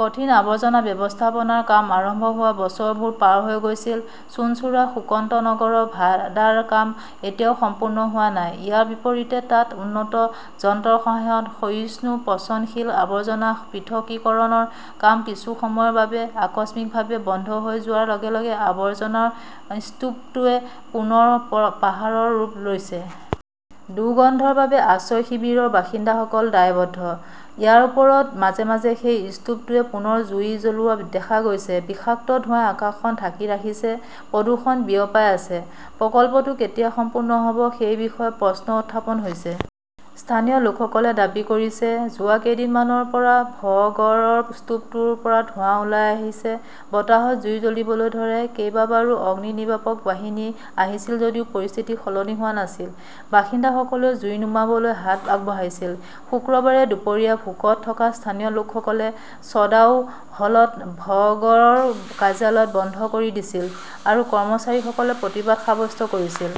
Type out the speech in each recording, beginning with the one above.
কঠিন আৱৰ্জনা ব্যৱস্থাপনাৰ কাম আৰম্ভ হোৱাৰ বছৰবোৰ পাৰ হৈ গৈছিল। চুঞ্চুৰাৰ সুকন্তনগৰৰ ভাডাৰ কাম এতিয়াও সম্পূৰ্ণ হোৱা নাই। ইয়াৰ বিপৰীতে, তাত উন্নত যন্ত্ৰৰ সহায়ত ক্ষয়িষ্ণু-পচনশীল আৱৰ্জনা পৃথকীকৰণৰ কাম কিছু সময়ৰ বাবে আকস্মিকভাৱে বন্ধ হৈ যোৱাৰ লগে লগে আৱৰ্জনাৰ স্তূপটোৱে পুনৰ প পাহাৰৰ ৰূপ লৈছে। দুৰ্গন্ধৰ বাবে আশ্ৰয় শিবিৰৰ বাসিন্দাসকল দায়বদ্ধ। ইয়াৰ ওপৰত মাজে মাজে সেই স্তুপটোৱে পুনৰ জুই জ্বলোৱা দেখা গৈছে। বিষাক্ত ধোঁৱাই আকাশখন ঢাকি ৰাখিছে। প্ৰদূষণ বিয়পাই আছে। প্ৰকল্পটো কেতিয়া সম্পূৰ্ণ হ'ব সেই বিষয়ে প্ৰশ্ন উত্থাপন হৈছে। স্থানীয় লোকসকলে দাবী কৰিছে যে যোৱা কেইদিনমানৰ পৰা ভগড়ৰ স্তূপৰ পৰা ধোঁৱা ওলাই আহিছে। বতাহত জুই জ্বলিবলৈ ধৰে। কেইবাবাৰো অগ্নিনিৰ্বাপক বাহিনী আহিছিল যদিও পৰিস্থিতি সলনি হোৱা নাছিল। বাসিন্দাসকলেও জুই নুমুৱাবলৈ হাত আগবঢ়াইছিল। শুকুৰবাৰে দুপৰীয়া ভোকত থকা স্থানীয় লোকসকলে চদাও হলত ভগড়ৰ কাৰ্যালয় বন্ধ কৰি দিছিল আৰু কৰ্মচাৰীসকলে প্ৰতিবাদ সাব্যস্ত কৰিছিল।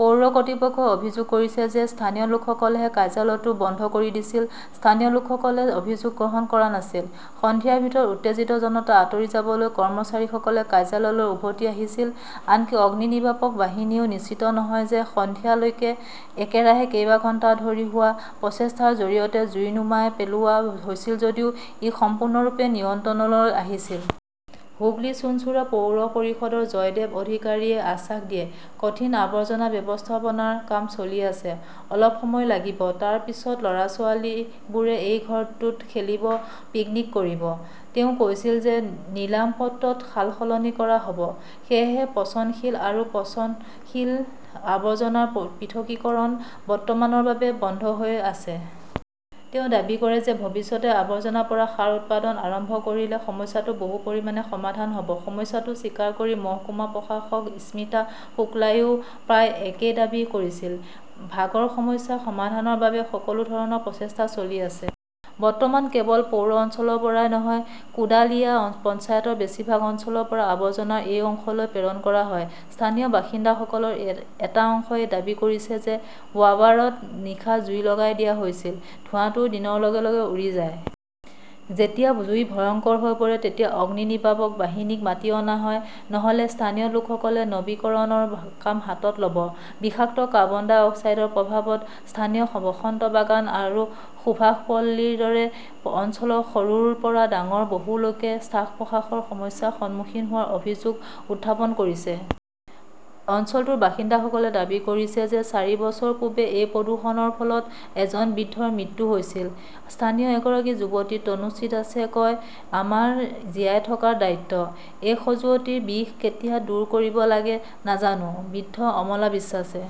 পৌৰ কৰ্তৃপক্ষই অভিযোগ কৰিছে যে স্থানীয় লোকসকলেহে কাৰ্যালয়টো বন্ধ কৰি দিছিল। স্থানীয় লোকসকলে অভিযোগ গ্ৰহণ কৰা নাছিল। সন্ধিয়াৰ ভিতৰত উত্তেজিত জনতা আঁতৰি যাবলৈ কৰ্মচাৰীসকলে কাৰ্যালয়লৈ উভতি আহিছিল। আনকি অগ্নিনিৰ্বাপক বাহিনীয়েও নিশ্চিত নহয় যে সন্ধিয়া লৈকে একেৰাহে কেইবা ঘণ্টা ধৰি হোৱা প্ৰচেষ্টাৰ জৰিয়তে জুই নুমুৱাই পেলোৱা হৈছিল যদিও ই সম্পূৰ্ণৰূপে নিয়ন্ত্ৰণলৈ আহিছিল। হুগলী-চুঞ্চুৰা পৌৰ পৰিষদৰ জয়দেব অধিকাৰীয়ে আশ্বাস দিয়ে, কঠিন আৱৰ্জনা ব্যৱস্থাপনাৰ কাম চলি আছে। অলপ সময় লাগিব। তাৰপিছত ল'ৰা-ছোৱালীবোৰে এই ঘৰটোত খেলিব, পিকনিক কৰিব। তেওঁ কৈছিল যে নিলাম-পত্ৰত সালসলনি কৰা হ'ব। সেয়েহে পচনশীল আৰু পচনশীল আৱৰ্জনাৰ পৃথকীকৰণ বৰ্তমানৰ বাবে বন্ধ হৈ আছে। তেওঁ দাবী কৰে যে ভৱিষ্যতে আৱৰ্জনাৰ পৰা সাৰ উৎপাদন আৰম্ভ কৰিলে সমস্যাটো বহু পৰিমাণে সমাধান হ’ব। সমস্যাটো স্বীকাৰ কৰি মহকুমা প্ৰশাসক স্মিতা শুক্লাইও প্ৰায় একেই দাবী কৰিছিল। "ভাগৰ সমস্যা সমাধানৰ বাবে সকলো ধৰণৰ প্ৰচেষ্টা চলি আছে। "বৰ্তমান কেৱল পৌৰ অঞ্চলৰ পৰাই নহয়, কোডালিয়া পঞ্চায়তৰ বেছিভাগ অঞ্চলৰ পৰা আৱৰ্জনাও সেই অংশলৈ প্ৰেৰণ কৰা হয়। স্থানীয় বাসিন্দাসকলৰ এটা অংশই দাবী কৰিছে যে বাৱাৰত নিশা জুই লগাই দিয়া হৈছিল। ধোঁৱাটো দিনৰ লগে লগে উৰি যায়। যেতিয়া জুই ভয়ংকৰ হৈ পৰে তেতিয়া অগ্নিনিৰ্বাপক বাহিনীক মাতি অনা হয়। নহ'লে স্থানীয় লোকসকলে নৱীকৰণৰ কাম হাতত ল'ব। বিষাক্ত কাৰ্বন-ডাই অক্সাইডৰ প্ৰভাৱত স্থানীয় বসন্ত বাগান আৰু সুভাষপল্লীৰ দৰে অঞ্চলৰ সৰুৰ পৰা ডাঙৰ বহু লোকে শ্বাস-প্ৰশ্বাসৰ সমস্যাৰ সন্মুখীন হোৱাৰ অভিযোগ উত্থাপন কৰিছে। অঞ্চলটোৰ বাসিন্দাসকলে দাবী কৰিছে যে চাৰি বছৰ পূৰ্বে এই প্ৰদূষণৰ ফলত এজন বৃদ্ধৰ মৃত্যু হৈছিল। স্থানীয় এগৰাকী যুৱতী তনুশ্ৰী দাসে কয়, "আমাৰ জীয়াই থকাৰ দায়িত্ব! " এই খজুৱতিৰ বিষ কেতিয়া দূৰ কৰিব লাগে নাজানো। "বৃদ্ধ অমলা বিশ্বাসে